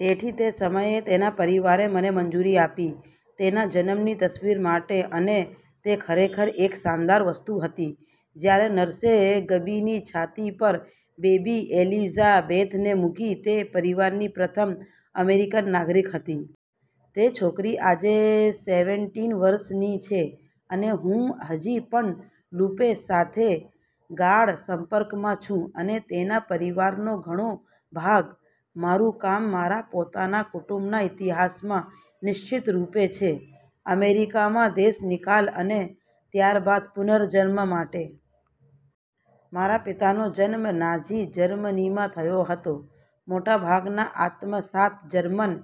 તેથી તે સમયે તેના પરિવારે મને મંજૂરી આપી તેના જન્મની તસ્વીર માટે અને તે ખરેખર એક શાનદાર વસ્તુ હતી જ્યારે નર્સે ગબીની છાતી પર બેબી એલિઝાબેથને મૂકી. તે પરિવારની પ્રથમ અમેરિકન નાગરિક હતી. તે છોકરી આજે સેવેનટીન વર્ષની છે અને હું હજી પણ લુપે સાથે ગાઢ સંપર્કમાં છું અને તેના પરિવારનો ઘણો ભાગ. મારું કામ મારા પોતાના કુટુંબના ઇતિહાસમાં નિશ્ચિતરૂપે છે અમેરિકામાં દેશનિકાલ અને ત્યારબાદ પુનર્જન્મ માટે. મારા પિતાનો જન્મ નાઝી જર્મનીમાં થયો હતો. મોટાભાગના આત્મસાત જર્મન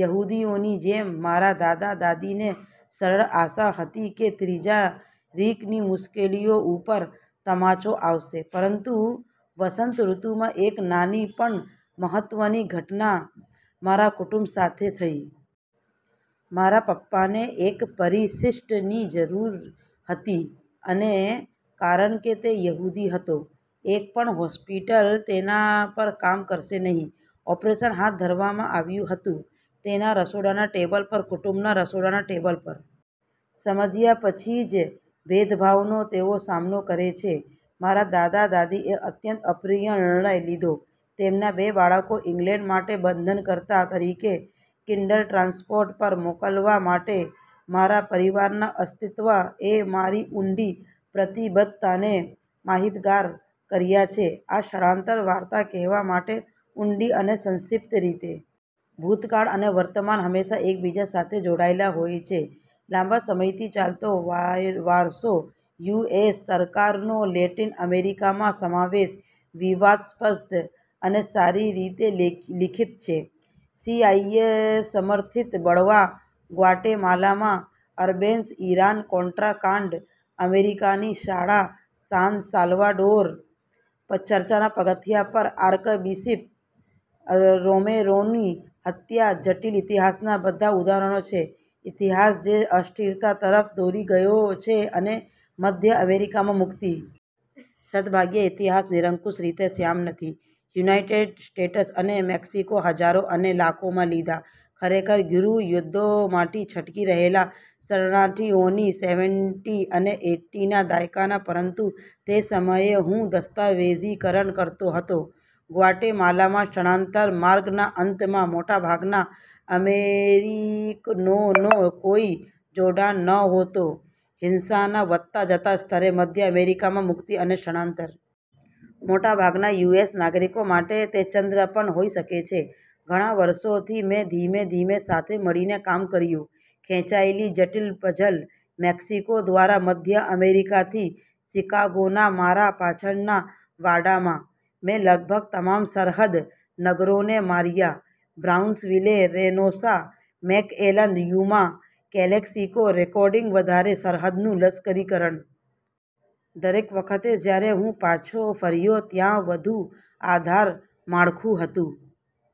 યહૂદીઓની જેમ, મારા દાદા દાદીને સરળ આશા હતી કે ત્રીજા રીકની મુશ્કેલીઓ ઉપર તમાચો આવશે. પરંતુ વસંત ઋતુમાં એક નાની પણ મહત્વની ઘટના મારા કુટુંબ સાથે થયી. મારા પપ્પાને એક પરિશિષ્ટની જરૂર હતી અને કારણ કે તે યહૂદી હતો, એક પણ હોસ્પિટલ તેના પર કામ કરશે નહીં. ઓપરેશન હાથ ધરવામાં આવ્યું હતું તેના રસોડાના ટેબલ પર, કુટુંબના રસોડાના ટેબલ પર. સમજ્યા પછી જ ભેદભાવનો તેઓ સામનો કરે છે, મારા દાદા દાદી એ અત્યંત અપ્રિય નિર્ણય લીધો તેમના બે બાળકો ઇંગ્લેન્ડ માટે બંધનકર્તા તરીકે કિન્ડરટ્રાન્સપોર્ટ પર મોકલવા માટે. મારા પરિવારના અસ્તિત્વ એ મારી ઊંડી પ્રતિબદ્ધતાને માહિતગાર કર્યા છે આ સ્થળાંતર વાર્તા કહેવા માટે ઊંડી અને સંક્ષિપ્ત રીતે. ભૂતકાળ અને વર્તમાન હંમેશાં એકબીજા સાથે જોડાયેલા હોય છે. લાંબા સમયથી ચાલતો વારસો યુ.એસ સરકારનો લેટિન અમેરિકામાં સમાવેશ વિવાદસ્પદ અને સારી રીતે લિખિત છે. સીઆઈએ સમર્થિત બળવા ગ્વાટેમાલામાં અર્બેન્સ, ઈરાન-કોન્ટ્રા કાંડ, અમેરિકાની શાળા, સાન સાલ્વાડોર ચર્ચના પગથિયા પર આર્કબિશપ રોમેરોની હત્યા આ જટિલ ઇતિહાસના બધા ઉદાહરણો છે, ઇતિહાસ જે અસ્થિરતા તરફ દોરી ગયો છે અને મધ્ય અમેરિકામાં મુક્તિ. સદભાગ્યે, ઇતિહાસ નિરંકુશ રીતે શ્યામ નથી. યુનાઇટેડ સ્ટેટ્સ અને મેક્સિકો હજારો અને લાખોમાં લીધા. ખરેખર, ગૃહ યુદ્ધોમાંથી છટકી રહેલા શરણાર્થીઓની સેવેનટી અને એઈટીના દાયકાના પરંતુ તે સમયે હું દસ્તાવેજીકરણ કરતો હતો ગ્વાટેમાલામાં સ્થળાંતર માર્ગના અંતમાં, મોટાભાગના અમેરિકનોનો કોઈ જોડાણ નહોતો હિંસાના વધતા જતા સ્તરે, મધ્ય અમેરિકામાં મુક્તિ અને સ્થળાંતર. મોટાભાગના યુએસ નાગરિકો માટે તે ચંદ્ર પણ હોઈ શકે છે. ઘણા વર્ષોથી મેં ધીમે ધીમે સાથે મળીને કામ કર્યું ખેંચાયેલી જટિલ પઝલ મેક્સિકો દ્વારા મધ્ય અમેરિકાથી શિકાગોના મારા પાછળના વાડામાં. મેં લગભગ તમામ સરહદ નગરોને માર્યા Brownsville, Reynosa, McAllen, Yuma, Calexico recording વધારે સરહદનું લશ્કરીકરણ. દરેક વખતે જ્યારે હું પાછો ફર્યો, ત્યાં વધુ આધાર માળખું હતું.